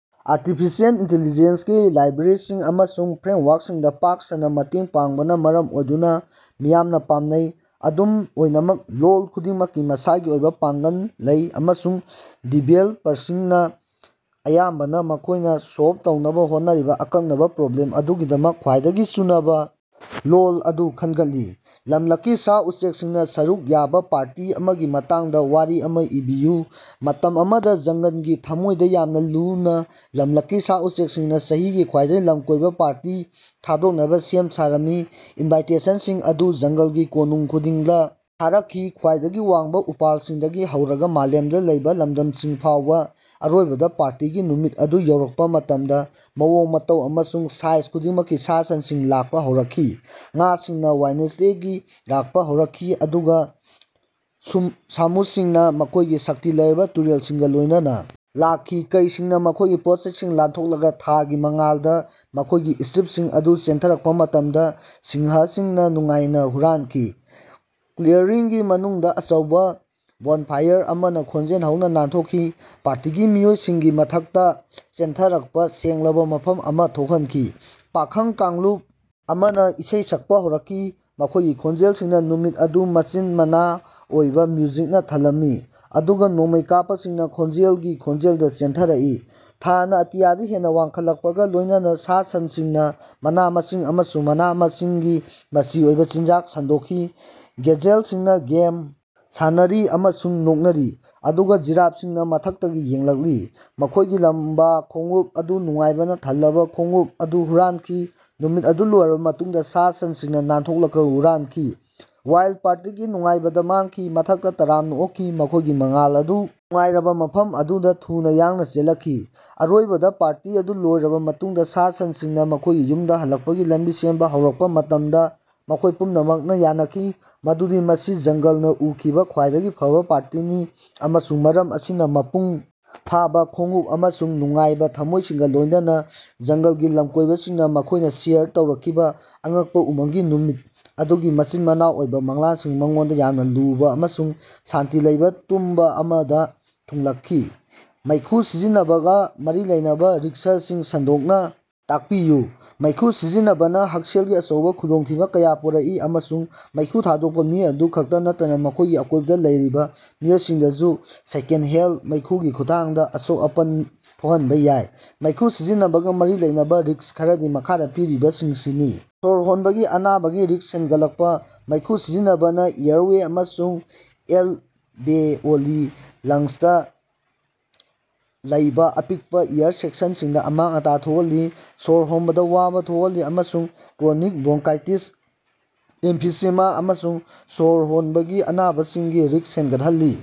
Artificial ꯏꯟꯇ‌ꯦꯂꯤꯖ‌ꯦꯟꯁꯒꯤ ꯂꯥꯏꯕ꯭ꯔꯦꯔꯤꯁꯤꯡ ꯑꯃꯁꯨꯡ ꯐ꯭ꯔꯦꯝꯋꯥꯔꯛꯁꯤꯡꯗ ꯄꯥꯛ ꯁꯟꯅ ꯃꯇꯦꯡ ꯄꯥꯡꯕꯅ ꯃꯔꯝ ꯑꯣꯏꯗꯨꯅ ꯃꯤꯌꯥꯝꯅ ꯄꯥꯝꯅꯩ꯫ ꯑꯗꯨꯝ ꯑꯣꯏꯅꯃꯛ, ꯂꯣꯜ ꯈꯨꯗꯤꯡꯃꯛꯀꯤ ꯃꯁꯥꯒꯤ ꯑꯣꯏꯕ ꯄꯥꯡꯒꯜ ꯂꯩ ꯑꯃꯁꯨꯡ ꯗꯤꯕꯦꯜꯄꯔꯁꯤꯡꯅꯥ ꯑꯌꯥꯝꯕꯅ ꯃꯈꯣꯏꯅ ꯁꯣꯜꯞ ꯇꯧꯅꯕ ꯍꯣꯠꯅꯔꯤꯕ ꯑꯀꯛꯅꯕ ꯄ꯭ꯔꯣꯕ꯭ꯂꯦꯝ ꯑꯗꯨꯒꯤꯗꯃꯛ ꯈꯋꯥꯏꯗꯒꯤ ꯆꯨꯅꯕ ꯂꯣꯜ ꯑꯗꯨ ꯈꯟꯒꯠꯂꯤ꯫ ꯂꯝꯂꯛꯀꯤ ꯁꯥ-ꯎꯆꯦꯛꯁꯤꯡꯅ ꯁꯔꯨꯛ ꯌꯥꯕ ꯄꯥꯔꯇꯤ ꯑꯃꯒꯤ ꯃꯇꯥꯡꯗ ꯋꯥꯔꯤ ꯑꯃꯥ ꯏꯕꯤꯌꯨ꯫ ꯃꯇꯝ ꯑꯃꯗ, ꯖꯪꯒꯜꯒꯤ ꯊꯃꯣꯏꯗꯥ ꯌꯥꯝꯅ ꯂꯨꯅ, ꯂꯝꯂꯛꯀꯤ ꯁꯥ-ꯎꯆꯦꯛꯁꯤꯡꯅ ꯆꯍꯤꯒꯤ ꯈ꯭ꯋꯥꯏꯗꯒꯤ ꯂꯝꯀꯣꯏꯕ ꯄꯥꯔꯇꯤ ꯊꯥꯗꯣꯛꯅꯕ ꯁꯦꯝ ꯁꯥꯔꯝꯃꯤ꯫ ꯏꯟꯚꯥꯏꯇꯦꯁꯟꯁꯤꯡ ꯑꯗꯨ ꯖꯪꯒꯜꯒꯤ ꯀꯣꯅꯨꯡ ꯈꯨꯗꯤꯡꯗ ꯊꯥꯔꯛꯈꯤ, ꯈ꯭ꯋꯥꯏꯗꯒꯤ ꯋꯥꯡꯕ ꯎꯄꯥꯜꯁꯤꯡꯗꯒꯤ ꯍꯧꯔꯒ ꯃꯥꯂꯦꯝꯗ ꯂꯩꯕ ꯂꯝꯗꯝꯁꯤꯡ ꯐꯥꯎꯕ꯫ ꯑꯔꯣꯏꯕꯗ ꯄꯥꯔꯇꯤꯒꯤ ꯅꯨꯃꯤꯠ ꯑꯗꯨ ꯌꯧꯔꯛꯄꯥ ꯃꯇꯝꯗ ꯃꯑꯣꯡ-ꯃꯇꯧ ꯑꯃꯁꯨꯡ ꯁꯥꯏꯖ ꯈꯨꯗꯤꯡꯃꯛꯀꯤ ꯁꯥ-ꯁꯟꯁꯤꯡ ꯂꯥꯛꯄ ꯍꯧꯔꯛꯈꯤ꯫ ꯉꯥꯁꯤꯡꯅ ꯋꯥꯏꯅꯦꯁꯇꯒꯤ ꯂꯥꯛꯄ ꯍꯧꯔꯛꯈꯤ, ꯑꯗꯨꯒ ꯁꯃꯨꯁꯤꯡꯅ ꯃꯈꯣꯏꯒꯤ ꯁꯛꯇꯤ ꯂꯩꯔꯕ ꯇꯨꯔꯦꯜꯁꯤꯡꯒ ꯂꯣꯏꯅꯅ ꯂꯥꯛꯈꯤ꯫ ꯀꯩꯁꯤꯡꯅ ꯃꯈꯣꯏꯒꯤ ꯄꯣꯠꯆꯩꯁꯤꯡ ꯂꯥꯟꯊꯣꯛꯂꯒꯥ ꯊꯥꯒꯤ ꯃꯉꯥꯜꯗ ꯃꯈꯣꯏꯒꯤ ꯁ꯭ꯇꯔꯤꯞꯁꯤꯡ ꯑꯗꯨ ꯆꯦꯟꯊꯔꯛꯄꯥ ꯃꯇꯝꯗꯥ ꯁꯤꯡꯍꯁꯤꯡꯅ ꯅꯨꯡꯉꯥꯏꯅ ꯍꯨꯔꯥꯟꯈꯤ꯫ ꯀ꯭ꯂꯤꯌꯔꯤꯡꯒꯤ ꯃꯅꯨꯡꯗꯥ ꯑꯆꯧꯕꯥ ꯕꯣꯟꯐꯥꯏꯌꯔ ꯑꯃꯅ ꯈꯣꯟꯖꯦꯜ ꯍꯧꯅ ꯅꯥꯟꯊꯣꯛꯈꯤ, ꯄꯥꯔꯇꯤꯒꯤ ꯃꯤꯑꯣꯏꯁꯤꯡꯒꯤ ꯃꯊꯛꯇ ꯆꯦꯟꯊꯔꯛꯄ ꯁꯦꯡꯂꯕ ꯃꯐꯝ ꯑꯃꯥ ꯊꯣꯛꯍꯟꯈꯤ꯫ ꯄꯥꯈꯪ ꯀꯥꯡꯂꯨꯞ ꯑꯃꯅ ꯏꯁꯩ ꯁꯛꯄ ꯍꯧꯔꯛꯈꯤ, ꯃꯈꯣꯏꯒꯤ ꯈꯣꯟꯖꯦꯜꯁꯤꯡꯅ ꯅꯨꯃꯤꯠ ꯑꯗꯨ ꯃꯆꯤꯟ-ꯃꯅꯥ ꯑꯣꯏꯕ ꯃ꯭ꯌꯨꯖꯤꯛꯅ ꯊꯜꯂꯝꯃꯤ, ꯑꯗꯨꯒ ꯅꯣꯡꯃꯩ ꯀꯥꯞꯄꯁꯤꯡꯅ ꯈꯣꯟꯖꯦꯜꯒꯤ ꯈꯣꯟꯖꯦꯜꯗ ꯆꯦꯟꯊꯔꯛꯏ꯫ ꯊꯥꯅ ꯑꯇꯤꯌꯥꯗ ꯍꯦꯟꯅ ꯋꯥꯡꯈꯠꯂꯛꯄꯒ ꯂꯣꯏꯅꯅ ꯁꯥ-ꯁꯟꯁꯤꯡꯅ ꯃꯅꯥ-ꯃꯁꯤꯡ ꯑꯃꯁꯨꯡ ꯃꯅꯥ-ꯃꯁꯤꯡꯒꯤ ꯃꯆꯤ ꯑꯣꯏꯕ ꯆꯤꯟꯖꯥꯛ ꯁꯟꯗꯣꯛꯈꯤ꯫ ꯒꯦꯖꯦꯜꯁꯤꯡꯅ ꯒꯦꯝ ꯁꯥꯟꯅꯔꯤ ꯑꯃꯁꯨꯡ ꯅꯣꯛꯅꯔꯤ, ꯑꯗꯨꯒ ꯖꯤꯔꯥꯐꯁꯤꯡꯅ ꯃꯊꯛꯇꯒꯤ ꯌꯦꯡꯂꯛꯂꯤ, ꯃꯈꯣꯏꯒꯤ ꯂꯝꯕ ꯈꯣꯡꯎꯞ ꯑꯗꯨ ꯅꯨꯡꯉꯥꯏꯕꯅ ꯊꯜꯂꯕꯥ ꯈꯣꯡꯎꯞ ꯑꯗꯨ ꯍꯨꯔꯥꯟꯈꯤ꯫ ꯅꯨꯃꯤꯠ ꯑꯗꯨ ꯂꯣꯏꯔꯕ ꯃꯇꯨꯡꯗ ꯁꯥ-ꯁꯟꯁꯤꯡꯅ ꯅꯥꯟꯊꯣꯛꯂꯒ ꯍꯨꯔꯥꯟꯈꯤ, ꯋꯥꯏꯜꯗ ꯄꯥꯔꯇꯤꯒꯤ ꯅꯨꯡꯉꯥꯏꯕꯗ ꯃꯥꯡꯈꯤ꯫ ꯃꯊꯛꯇ ꯇꯔꯥꯝꯅ ꯑꯣꯛꯈꯤ, ꯃꯈꯣꯏꯒꯤ ꯃꯉꯥꯜ ꯑꯗꯨ ꯅꯨꯡꯉꯥꯏꯔꯕ ꯃꯐꯝ ꯑꯗꯨꯗ ꯊꯨꯅꯥ ꯌꯥꯡꯅ ꯆꯦꯜꯂꯛꯈꯤ꯫ ꯑꯔꯣꯏꯕꯗ ꯄꯥꯔꯇꯤ ꯑꯗꯨ ꯂꯣꯏꯔꯕ ꯃꯇꯨꯡꯗ ꯁꯥ-ꯁꯟꯁꯤꯡꯅ ꯃꯈꯣꯏꯒꯤ ꯌꯨꯝꯗ ꯍꯜꯂꯛꯄꯒꯤ ꯂꯝꯕꯤ ꯁꯦꯝꯕ ꯍꯧꯔꯛꯄ ꯃꯇꯝꯗ ꯃꯈꯣꯏ ꯄꯨꯝꯅꯃꯛꯅ ꯌꯥꯅꯈꯤ ꯃꯗꯨꯗꯤ ꯃꯁꯤ ꯖꯪꯒꯜꯅ ꯎꯈꯤꯕ ꯈ꯭ꯋꯥꯏꯗꯒꯤ ꯐꯕ ꯄꯥꯔꯇꯤꯅꯤ꯫ ꯑꯃꯁꯨꯡ ꯃꯔꯝ ꯑꯁꯤꯅ, ꯃꯄꯨꯡ ꯐꯥꯕ ꯈꯣꯡꯎꯞ ꯑꯃꯁꯨꯡ ꯅꯨꯡꯉꯥꯏꯕ ꯊꯝꯃꯣꯏꯁꯤꯡꯒ ꯂꯣꯏꯅꯅ, ꯖꯪꯒꯜꯒꯤ ꯂꯝꯀꯣꯏꯕꯁꯤꯡꯅ ꯃꯈꯣꯏꯅ ꯁꯦꯌꯔ ꯇꯧꯔꯛꯈꯤꯕ ꯑꯉꯛꯄ, ꯎꯃꯪꯒꯤ ꯅꯨꯃꯤꯠ ꯑꯗꯨꯒꯤ ꯃꯆꯤꯟ-ꯃꯅꯥꯎ ꯑꯣꯏꯕ ꯃꯪꯂꯥꯟꯁꯤꯡ ꯃꯉꯣꯟꯗ ꯌꯥꯝꯅ ꯂꯨꯕ ꯑꯃꯁꯨꯡ ꯁꯥꯟꯇꯤ ꯂꯩꯕ ꯇꯨꯝꯕ ꯑꯃꯗ ꯊꯨꯡꯂꯈꯤ꯫ ꯃꯩꯈꯨ ꯁꯤꯖꯤꯟꯅꯕꯒ ꯃꯔꯤ ꯂꯩꯅꯕ ꯔꯤꯛ꯭ꯁꯁꯤꯡ ꯁꯟꯗꯣꯛꯅ ꯇꯥꯛꯄꯤꯌꯨ꯫ ꯃꯩꯈꯨ ꯁꯤꯖꯤꯟꯅꯕꯅ ꯍꯛꯁꯦꯜꯒꯤ ꯑꯆꯧꯕ ꯈꯨꯗꯣꯡꯊꯤꯕ ꯀꯌꯥ ꯄꯨꯔꯛꯏ ꯑꯃꯁꯨꯡ ꯃꯩꯈꯨ ꯊꯥꯗꯣꯛꯄ ꯃꯤꯑꯣꯏ ꯑꯗꯨ ꯈꯛꯇ ꯅꯠꯇꯅ ꯃꯈꯣꯏꯒꯤ ꯑꯀꯣꯏꯕꯗ ꯂꯩꯔꯤꯕ ꯃꯤꯑꯣꯏꯁꯤꯡꯗꯁꯨ ꯁꯦꯀꯦꯟꯗꯍꯦꯟꯗ ꯃꯩꯈꯨꯒꯤ ꯈꯨꯠꯊꯥꯡꯗ ꯑꯁꯣꯛ-ꯑꯄꯟ ꯊꯣꯛꯍꯟꯕ ꯌꯥꯏ꯫ ꯃꯩꯈꯨ ꯁꯤꯖꯤꯟꯅꯕꯒ ꯃꯔꯤ ꯂꯩꯅꯕ ꯔꯤꯛ꯭ꯁ ꯈꯔꯗꯤ ꯃꯈꯥꯗ ꯄꯤꯔꯤꯕꯁꯤꯡꯁꯤꯅꯤ: ꯁ꯭ꯋꯔ ꯍꯣꯟꯕꯒꯤ ꯑꯅꯥꯕꯒꯤ ꯔꯤꯛ꯭ꯁ ꯍꯦꯟꯒꯠꯂꯛꯄꯥ: ꯃꯩꯈꯨ ꯁꯤꯖꯤꯟꯅꯕꯅ ꯑꯦꯌꯔꯋꯦ ꯑꯃꯁꯨꯡ ꯑꯦꯜꯕꯦꯑꯣꯂꯤ, ꯂꯪꯁꯇ ꯂꯩꯕ ꯑꯄꯤꯛꯄ ꯑꯦꯌꯔ ꯁꯦꯛꯁꯤꯡꯗ ꯑꯃꯥꯡ-ꯑꯇꯥ ꯊꯣꯛꯍꯜꯂꯤ, ꯁ꯭ꯋꯔ ꯍꯣꯟꯕꯗ ꯋꯥꯕ ꯊꯣꯛꯍꯜꯂꯤ ꯑꯃꯁꯨꯡ ꯀ꯭ꯔꯣꯅꯤꯛ ꯕ꯭ꯔꯣꯡꯀꯥꯏꯇꯤꯁ, ꯑꯦꯝꯐꯤꯁꯦꯃꯥ ꯑꯃꯁꯨꯡ ꯁ꯭ꯋꯔ ꯍꯣꯞꯕꯒꯤ ꯑꯅꯥꯕꯁꯤꯡꯒꯤ ꯔꯤꯛ꯭ꯁ ꯍꯦꯟꯒꯠꯍꯜꯂꯤ꯫